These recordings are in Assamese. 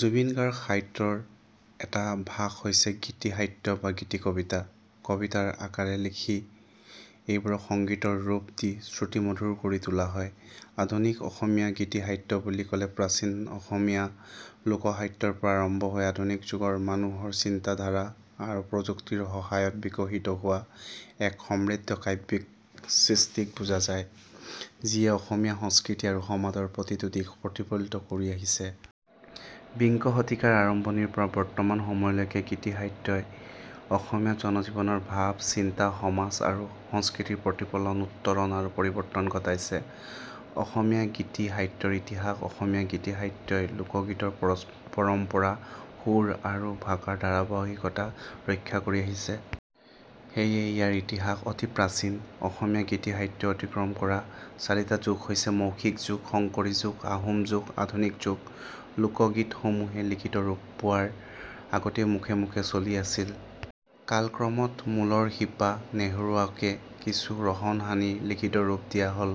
জুবিন গাৰ্গ সহিত্যৰ এটা ভাগ হৈছে গীতি সাহিত্য বা গীতি কবিতা। কবিতাৰ আকাৰে লিখি এইবোৰক সংগীতৰ ৰূপ দি শ্ৰুতিমধুৰ কৰি তোলা হয়। আধুনিক অসমীয়া গীতি-সাহিত্য বুলি ক'লে প্ৰাচীন অসমীয়া লোক সাহিত্যৰ পৰা আৰম্ভ হৈ আধুনিক যুগৰ মানুহৰ চিন্তাধাৰা আৰু প্ৰযুক্তিৰ সহায়ত বিকশিত হোৱা এক সমৃদ্ধ কাব্যিক সৃষ্টিক বুজা যায়, যিয়ে অসমীয়া সংস্কৃতি আৰু সমাদৰ প্ৰতিটো দিশ প্ৰতিফলিত কৰি আহিছে। বিংশ শতিকাৰ আৰম্ভণিৰ পৰা বৰ্তমান সময়লৈকে গীতি সাহিত্যই অসমীয়া জনজীৱনৰ ভাব, চিন্তা, সমাজ আৰু সংস্কৃতিৰ প্ৰতিফলন, উত্তৰণ আৰু পৰিবৰ্তন ঘটাইছে। / অসমীয়া গীতি সাহিত্যৰ ইতিহাস: অসমীয়া গীতি সাহিত্যই লোকগীতৰ পৰচ পৰম্পৰা, সুৰ আৰু ভাষাৰ ধাৰাবাহিকতা ৰক্ষা কৰি আহিছে। সেয়ে ইয়াৰ ইতিহাস অতি প্ৰাচীন। অসমীয়া গীতি সাহিত্যই অতিক্ৰম কৰা চাৰিটা যুগ হৈছে- মৌখিক যুগ, শংকৰী যুগ, আহোম যুগ আৰু আধুনিক যুগ। লোক গীত সমূহে লিখিত ৰূপ পোৱাৰ আগতে মুখে মুখে চলি আছিল। কালক্ৰমত মূলৰ শিপা নেহেৰুৱাকে কিছু ৰহন সানি লিখিত ৰূপ দিয়া হল।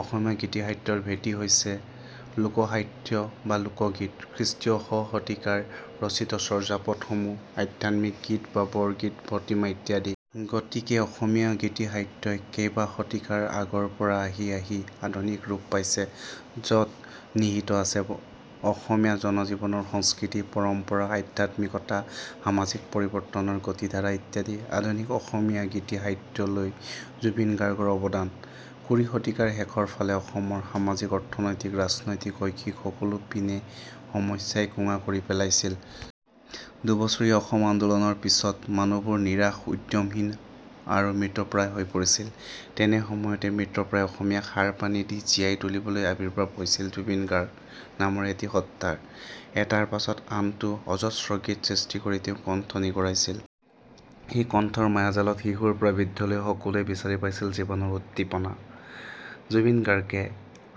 অসমীয়া গীতি সাহিত্যৰ ভেঁটি হৈছে লোক সাহিত্য বা লোকগীত, খ্ৰীষ্টীয় - শ শতিকাত ৰচিত চৰ্যাপদ সমূহ, আধ্যাত্মিক গীত বা বৰগীত ভটিমা ইত্যাদি। গতিকে অসমীয়া গীতি সাহিত্যই কেইবা শতিকাৰ আগৰ পৰা আহি আহি আধুনিক ৰূপ পাইছে, যত নিহিত আছে অসমীয়া জনজীৱনৰ সংস্কৃতি, পৰম্পৰা, আধ্যাত্মিকতা, সামাজিক পৰিবৰ্তনৰ গতিধাৰা ইত্যাদি। / আধুনিক অসমীয়া গীতি সাহিত্যলৈ জুবিন গাৰ্গৰ অবদান: কুৰি শতিকাৰ শেষৰ ফালে অসমৰ সামাজিক, অৰ্থনৈতিক, ৰাজনৈতিক, শৈক্ষিক সকলো পিনে সমস্যাই কোঙা কৰি পেলাইছিল। দুবছৰীয়া অসম আন্দোলনৰ পিছত মানুহবোৰ নিৰাশ, উদ্যমহীন আৰু মৃতপ্ৰায় হৈ পৰিছিল। তেনে সময়তে মৃতপ্ৰায় অসমীয়াক সাৰ-পানী দি জীয়াই তুলিবলৈ আৱিৰ্ভাৱ হৈছিল ' জুবিন গাৰ্গ' নামৰ এটি সত্ত্বাৰ। এটাৰ পাছত আনটো, অজস্ৰ গীত সৃষ্টি কৰি তেওঁ কণ্ঠ নিগৰাইছিল। সেই কণ্ঠৰ মায়াজালত শিশুৰ পৰা বৃদ্ধলৈ সকলোৱে বিচাৰি পাইছিল জীৱনৰ উদ্দীপনা। জুবিন গাৰ্গে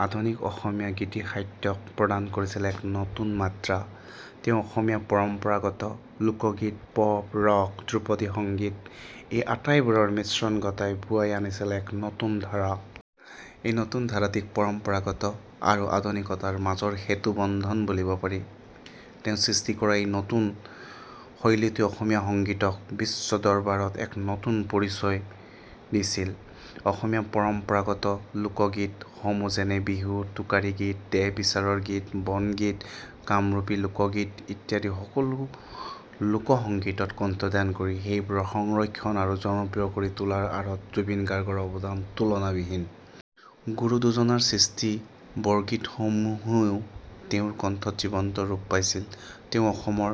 আধুনিক অসমীয়া গীতি সাহিত্যক প্ৰদান কৰিছিল এক নতুন মাত্ৰা। তেওঁ অসমীয়া পৰস্পৰাগত লোকগীত, পপ, ৰক, ধ্ৰুপদী সংগীত, এই আটাইবোৰৰ মিশ্ৰণ ঘটাই বোৱাই আনিছিল এক নতুন ধাৰা। এই নতুন ধাৰাটিক পৰম্পৰাগত আৰু আধুনিকতাৰ মাজৰ সেতুবন্ধন বুলিব পাৰি। তেওঁ সৃষ্টি কৰা এই নতুন শৈলীটোৱে অসমীয়া সংগীতক বিশ্ব-দৰবাৰত এক নতুন পৰিচয় দিছিল। অসমীয়া পৰম্পৰাগত লোকগীত সমূহ যেনে- বিহু, টোকাৰী -গীত, দেহবিচাৰৰ গীত, বনগীত, কামৰূপী লোকগীত ইত্যাদি সকলো লোক সংগীতত্ কণ্ঠদান কৰি সেইবোৰক সংৰক্ষণ আৰু জনপ্ৰিয় কৰি তোলাৰ আঁৰত জুবিন গাৰ্গৰ অৱদান তুলনাবিহীন। গুৰু দুজনাৰ সৃষ্টি বৰগীতসমূহও তেওঁৰ কণ্ঠত জীৱন্ত ৰূপ পাইছিল। তেওঁ অসমৰ